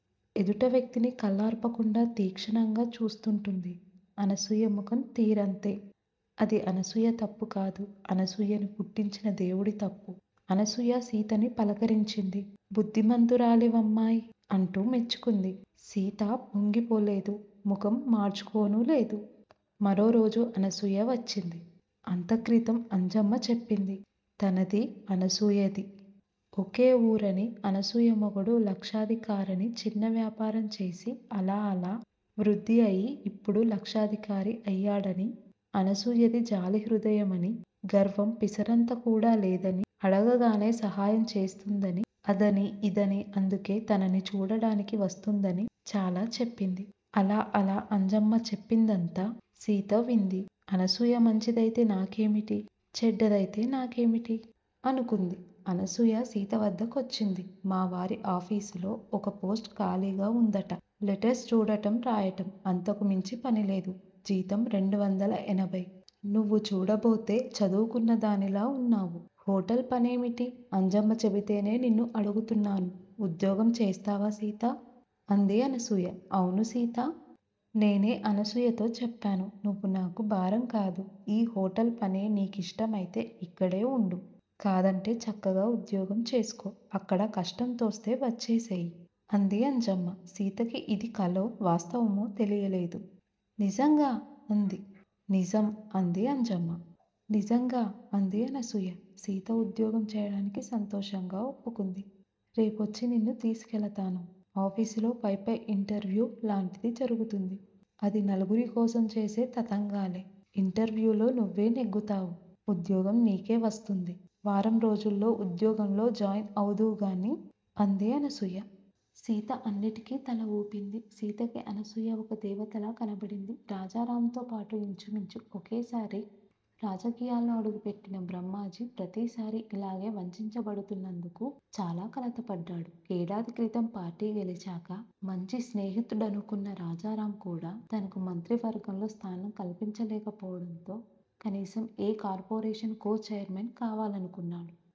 ఎదుట వ్యక్తిని కళ్ళార్పకుండా తీక్షణంగా చూస్తుంటుంది. అనసూయ ముఖం తీరంతే. అది అనసూయ తప్పుకాదు. అనసూయని పుట్టించిన దేముడి తప్పు. అనసూయ, సీతని పలకరించింది. బుద్దిమంతురాలివమ్మాయ్. అంటూ మెచ్చుకుంది. సీత పొంగిపోలేదు. ముఖం మాడ్చుకోనూలేదు. మరోరోజు అనసూయ వచ్చింది. అంతక్రితం అంజమ్మ చెప్పింది. తనదీ అనసూయదీ ఒకేవూరని అనసూయ మొగుడు లక్షాధికారని చిన్నవ్యాపారం చేసి అలా అలా వృద్ది అయి ఇప్పుడు లక్షాధికారి అయ్యాడని అనసూయాది జాలిహృదయం అని గర్వం పిసరంతకూడా లేదని అడగగానే సహాయం చేస్తుందని అదని ఇదని అందుకే తనని చూడటానికి వస్తుందని చాలా చెప్పింది అలా అలా అంజమ్మ చెప్పిందంతా సీత వింది అనసూయ మంచిదయితే నాకేమిటి, చెడ్డదయితే నాకేమిటి? అనుకుంది. అనసూయ, సీతవద్దకొచ్చింది. మావారి ఆఫీసులో ఓ పోస్ట్ ఖాళీగా వుందట. లెటర్స్ చూడటం రాయటం. అంతకుమించి పనిలేదు. జీతం రెండువందల ఎనభై, నువ్వు చూడబోతే చదువుకున్నదానిలా వున్నావు, హొటల్ పనేమిటి? అంజమ్మ చెపితేనే నిన్ను అడుగుతున్నాను ఉద్యోగం చేస్తావ సీతా! అంది అనసూయ. 'అవును సీతా! నేనే అనసూయతో చెప్పాను. నువ్వు నాకు భారం కాదు. ఈ హొటల్ పనే నీ కిష్టమయితే ఇక్కడే వుండు. కాదంటే చక్కగా ఉద్యోగం చేసుకో. అక్కడ కష్టంతోస్తే వచ్చేసేయి. అంది అంజమ్మ. సీతకి ఇది కలో, వాస్తవమో తెలియలేదు. నిజంగా? అంది. నిజం. అంది అంజమ్మ. నిజంగా! అంది అనసూయ. సీత ఉద్యోగం చేయటానికి సంతోషంగా ఒప్పుకుంది. రేపొచ్చి నిన్ను తీసుకెళతాను. ఆఫీసులో పైపై ఇంటర్వ్యూ లాంటిది జరుగుతుంది. అది నలుగురికోసం చేసే తతంగంలే, ఇంట ర్వ్యూలో నువ్వే నెగ్గుతావు. ఉద్యోగం నీకే వస్తుంది. వారంరోజుల్లో ఉద్యోగంలో జాయిన్ అవుదువుగాని. అంది అనసూయ. సీత అన్నింటికీ తల వూపింది. సీతకి అనసూయ ఓ దేవతలా కనపడింది. రాజారాంతో పాటు ఇంచుమించు ఒకేసారి రాజకీయాల్లో అడుగు పెట్టిన బ్రహ్మాజీ. ప్రతిసారీ యిలాగే వంచించబడుతున్నందుకు చాలా కలతపడ్డాడు. ఏడాదిక్రితం పార్టీ గెలిచాక మంచి స్నేహితుడనుకున్న రాజారాంకూడా తనకు మంత్రివర్గంలో స్థానం కల్పించలేకపోవటంతో కనీసం ఏ కార్పోరేషన్ కో చైర్మన్ కావాలనుకున్నాడు.